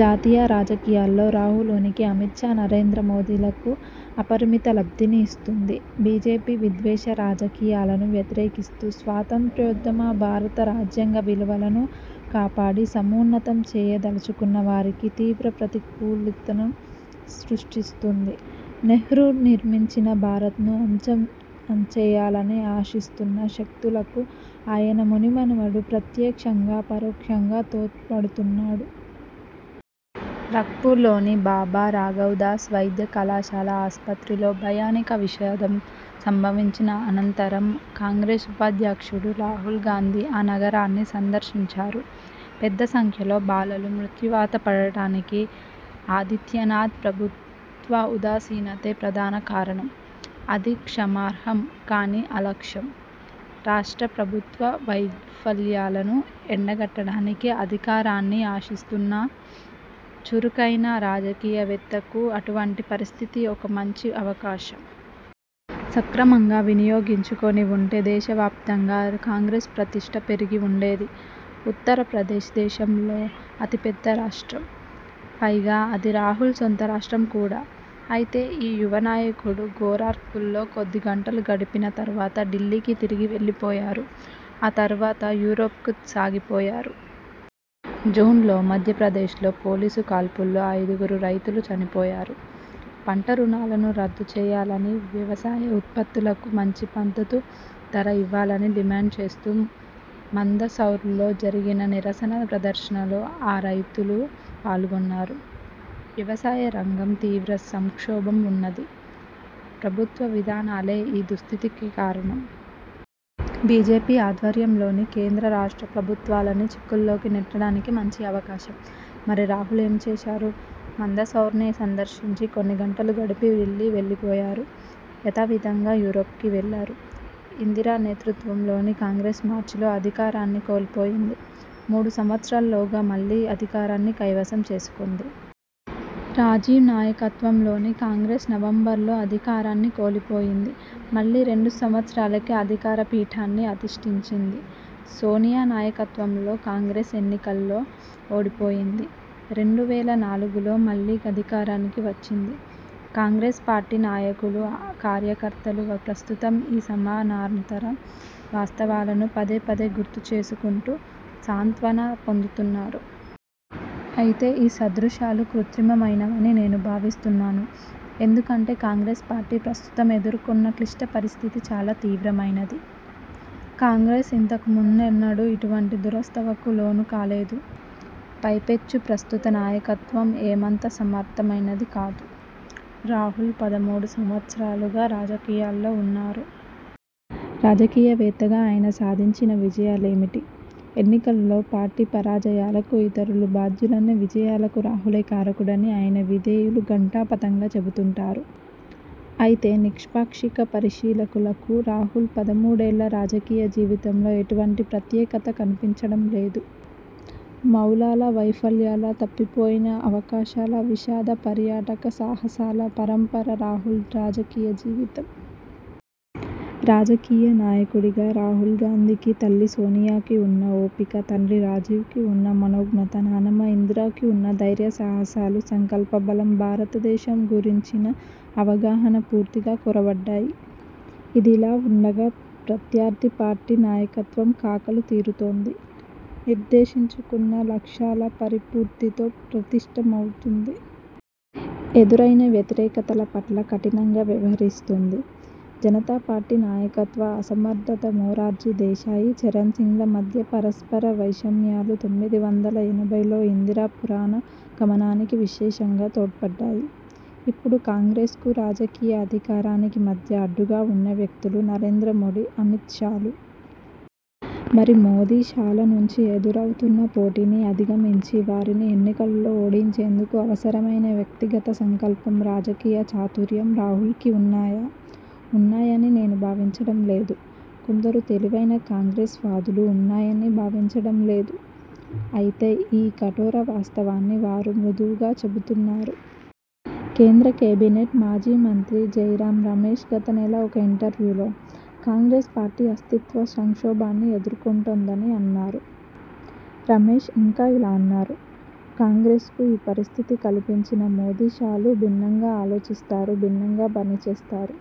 జాతీయ రాజకీయాల్లో రాహుల్ ఉనికి అమిత్షా, నరేంద్ర మోదీలకు అపరిమిత లబ్ధిని ఇస్తోంది. బీజేపీ విద్వేష రాజకీయాలను వ్యతిరేకిస్తూ స్వాతంత్ర్యోద్యమ, భారత రాజ్యాంగ విలువలను కాపాడి, సమున్నతం చేయ దలచుకున్నవారికి తీవ్ర ప్రతి కూలతలను సృష్టిస్తోంది. నెహ్రూ నిర్మించిన భారత్ను అంతం చేయాలని ఆశిస్తున్న శక్తులకు ఆయన ముని మనవడు ప్రత్యక్షంగా, పరోక్షంగా తోడ్పడు తున్నాడు. రఖ్పూర్లోని బాబా రాఘవ్ దాస్ వైద్య కళాశాల ఆస్పత్రిలో భయానక విషాదం సంభవించిన అనంతరం కాంగ్రెస్ ఉపాధ్యక్షుడు రాహుల్ గాంధీ ఆ నగరాన్ని సందర్శించారు. పెద్ద సంఖ్యలో బాలలు మృత్యువాత పడడానికి ఆదిత్యనాథ్ ప్రభుత్వ ఉదాసీనతే ప్రధాన కారణం. అది క్షమార్హం కాని అలక్ష్యం. రాష్ట్ర ప్రభుత్వ వైఫల్యాలను ఎండ గట్టడానికి అధికారాన్ని ఆశిస్తున్న, చురుకైన రాజకీయ వేత్తకు అటువంటి పరిస్థితి ఒక మంచి అవకాశం. సక్రమంగా వినియోగించుకొని వుంటే దేశవ్యాప్తంగా కాంగ్రెస్ ప్రతిష్ఠ పెరిగి వుండేది. ఉత్తరప్రదేశ్ దేశంలోనే అతి పెద్ద రాష్ట్రం. పైగా అది రాహుల్ సొంత రాష్ట్రం కూడా. అయితే ఈ యువ నాయకుడు గోరఖ్పూర్లో కొద్ది గంటలు గడిపిన తరువాత ఢిల్లీకి తిరిగి వెళ్ళి పోయారు. ఆ తరువాత యూరోప్కు సాగిపోయారు. జూన్లో మధ్యప్రదేశ్లో పోలీసు కాల్పుల్లో ఐదుగురు రైతులు చనిపోయారు. పంటరుణాలను రద్దు చేయాలని, వ్యవసాయ ఉత్పత్తులకు మంచి మద్దతు ధర ఇవ్వాలని డిమాండ్ చేస్తూ మందసౌర్లో జరిగిన నిరసన ప్రదర్శనలో ఆ రైతులూ పాల్గొన్నారు. వ్యవసాయ రంగం తీవ్ర సంక్షోభంలో వున్నది. ప్రభుత్వ విధానాలే ఈ దుస్థితికి కారణం. బీజేపీ ఆధ్వర్యంలోని కేంద్ర రాష్ట్ర ప్రభుత్వాలను చిక్కుల్లోకి నెట్టడానికి మంచి అవకాశం. మరి రాహుల్ ఏమి చేశారు? మందసౌర్ను సందర్శించి, కొన్నిగంటలు గడిపి ఢిల్లీ వెళ్ళి పోయారు. యథా విధిగా యూరోప్కు వెళ్ళారు. ఇందిర నేతృత్వంలోని కాంగ్రెస్ మార్చిలో అధికారాన్ని కోల్పోయింది. మూడు సంవత్సరాల్లోగా మళ్ళీ అధికారాన్ని కైవసం చేసుకొంది. రాజీవ్ నాయకత్వం లోని కాంగ్రెస్ నవంబర్లో అధికారాన్ని కోల్పోయింది. మళ్ళీ రెండు సంవత్సరాలకే అధికార పీఠాన్ని అధిష్ఠించింది. సోనియా నాయకత్వంలో కాంగ్రెస్, ఎన్నికలలో ఓడిపోయింది. రెండు వేల నాలుగులో మళ్ళీ అధికారానికి వచ్చింది. కాంగ్రెస్ పార్టీ నాయకులు, కార్యకర్తలు ప్రస్తుతం ఈ సమానాంతర వాస్తవాలను పదే పదే గుర్తు చేసుకొంటూ సాంత్వన పొందుతున్నారు. అయితే ఈ సదృశాలు కృత్రిమ మైనవని నేను భావిస్తున్నాను. ఎందుకంటే కాంగ్రెస్ పార్టీ ప్రస్తుతం ఎదుర్కొంటున్న క్లిష్ట పరిస్థితి చాలా తీవ్ర మైనది. కాంగ్రెస్ ఇంతకు ముందెన్నడూ ఇటువంటి దురవస్థకు లోను కాలేదు. పైపెచ్చు ప్రస్తుత నాయకత్వం ఏమంత సమర్థమైనది కాదు. రాహుల్ పదమూడు సంవత్సరాలుగా రాజకీయాల్లో వున్నారు. రాజకీయ వేత్తగా ఆయన సాధించిన విజయాలేమిటి? ఎన్నికల్లో పార్టీ పరాజయాలకు ఇతరులు బాధ్యు లని, విజయాలకు రాహులే కారకుడని ఆయన విధేయులు ఘంటా పథంగా చెబుతుంటారు. అయితే నిష్పాక్షిక పరిశీలకులకు రాహుల్ పదమూడేళ్ళ రాజకీయ జీవితంలో ఎటువంటి ప్రత్యేకత కనిపించడం లేదు. మౌనాల, వైఫల్యాల, తప్పిపోయిన అవకాశాల, విషాద పర్యాటక సాహసాల పరంపరే రాహుల్ రాజకీయ జీవితం. రాజకీయ నాయకుడుగా రాహుల్ గాంధీకి తల్లి సోనియాకు ఉన్న ఓపిక, తండ్రి రాజీవ్కు వున్న మనోజ్ఞత, నానమ్మ ఇందిరకు ఉన్న ధైర్య సాహసాలు, సంకల్ప బలం, భారతదేశం గురించిన అవగాహన పూర్తిగా కొరవడ్డాయి. ఇదిలా వుండగా ప్రత్యర్థి పార్టీ నాయకత్వం కాకలు తీరుతోంది. నిర్దేశించుకున్న లక్ష్యాల పరిపూర్తితో పటిష్ఠ మవుతోంది. ఎదురయిన వ్యతిరేకతల పట్ల కఠినంగా వ్యవహరిస్తోంది. జనతా పార్టీ నాయకత్వ అసమర్థత, మొరార్జీ దేశాయి, చరణ్సింగ్ల మధ్య పరస్పర వైషమ్యాలు పంతొమ్మిది వందల ఎనభైలో ఇందిర పునరా గమనానికి విశేషంగా తోడ్పడ్డాయి. ఇప్పుడు కాంగ్రెస్కు, రాజకీయ అధికారానికి మధ్య అడ్డుగా వున్న వ్యక్తులు నరేంద్ర మోదీ, అమిత్ షాలు. మరి మోదీ, షాల నుంచి ఎదురవుతున్న పోటీని అధిగమించి, వారిని ఎన్నికల్లో ఓడించేందుకు అవసరమైన వ్యక్తిగత సంకల్పం, రాజకీయ చాతుర్యం రాహుల్కు ఉన్నాయా? ఉన్నాయని నేను భావించడం లేదు. కొందరు తెలివైన కాంగ్రెస్ వాదులూ ఉన్నాయని భావించడం లేదు. అయితే ఈ కఠోర వాస్తవాన్ని వారు మృదువుగా చెబుతున్నారు. కేంద్ర కేబినెట్ మాజీ మంత్రి జైరామ్ రమేశ్ గత నెల ఒక ఇంటర్వ్యూలో 'కాంగ్రెస్ పార్టీ అస్తిత్వ సంక్షోభాన్ని ఎదుర్కొంటోందని' అన్నారు. రమేశ్ ఇంకా ఇలా అన్నారు 'కాంగ్రెస్కు ఈ పరిస్థితి కల్పించిన మోదీ, షాలు భిన్నంగా ఆలోచిస్తారు భిన్నంగా పని చేస్తారు.